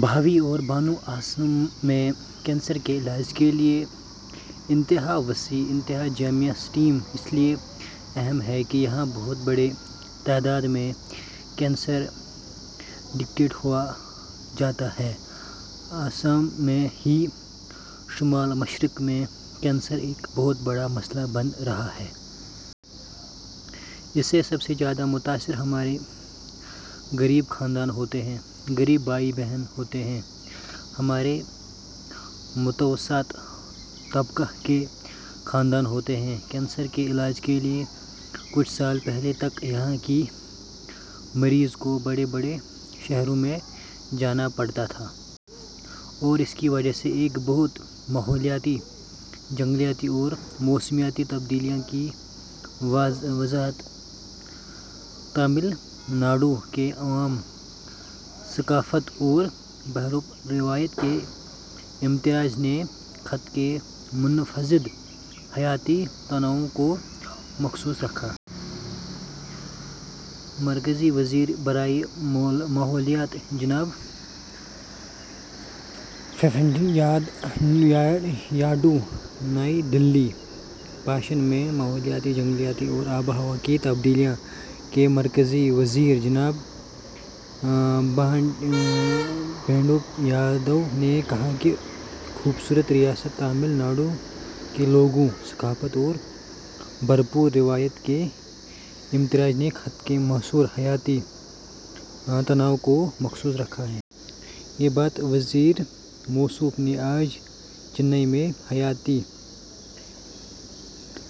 بھائیو اور بہنو، آسام میں کینسر کے علاج کے لیے اتنا وسیع، اتنا جامع سسٹم اس لیے اہم ہے کہ یہاں بہت بڑی تعداد میں کینسر ڈیٹیکٹ ہوتا رہا ہے۔ آسام ہی نہیں، شمال مشرق میں کینسر ایک بہت بڑا مسئلہ بن رہا ہے۔ اس سے سب سے زیادہ متاثر ہمارے غریب خاندان ہوتے ہیں، غریب بھائی بہن ہوتے ہیں، ہمارے متوسط طبقے کے خاندان ہوتے ہیں۔ کینسر کے علاج کے لیے کچھ سال پہلے تک یہاں کے مریضوں کو بڑے بڑے شہروں میں جانا پڑتا تھا۔ اور اس کی وجہ سے ایک بہت... ماحولیات، جنگلات اور موسمیاتی تبدیلی کی وزارت تمل ناڈو کے عوام، ثقافت اور بھرپور روایت کے امتزاج نے خطے کے منفرد حیاتیاتی تنوع کو محفوظ رکھا ہے: مرکزی وزیر برائے ماحولیات جناب بھوپندر یادو نئی دہلی، بائیس مئی: ماحولیات، جنگلات اور آب و ہوا کی تبدیلی کے مرکزی وزیر جناب بھوپندر یادو نے کہا کہ "خوبصورت ریاست تمل ناڈو کے لوگوں، ثقافت اور بھرپور روایت کے امتزاج نے خطے کے منفرد حیاتیاتی تنوع کو محفوظ رکھا ہے۔" یہ بات وزیر موصوف نے آج چنئی میں حیاتیاتی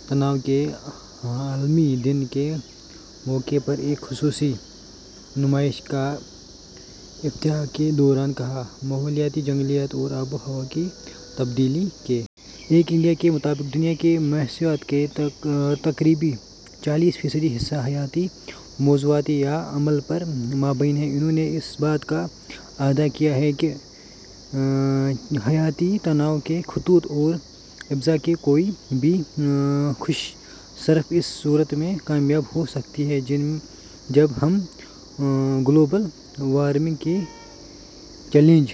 تنوع کے عالمی دن کے موقع پر ایک خصوصی نمائش کے افتتاح کے دوران کہی۔ ماحولیات، جنگلات اور آب و ہوا کی تبدیلی کے ایک اندازے کے مطابق دنیا کی معیشت کا تقریباً چالیس فیصد حصہ حیاتیاتی مصنوعات یا عمل پر مبنی ہے۔ انھوں نے اس بات کا اعادہ کیا کہ حیاتیاتی تنوع کے تحفظ اور اضافے کی کوئی بھی کوشش صرف اسی صورت میں کامیاب ہو سکتی ہے جب ہم گلوبل وارمنگ کے چیلنج...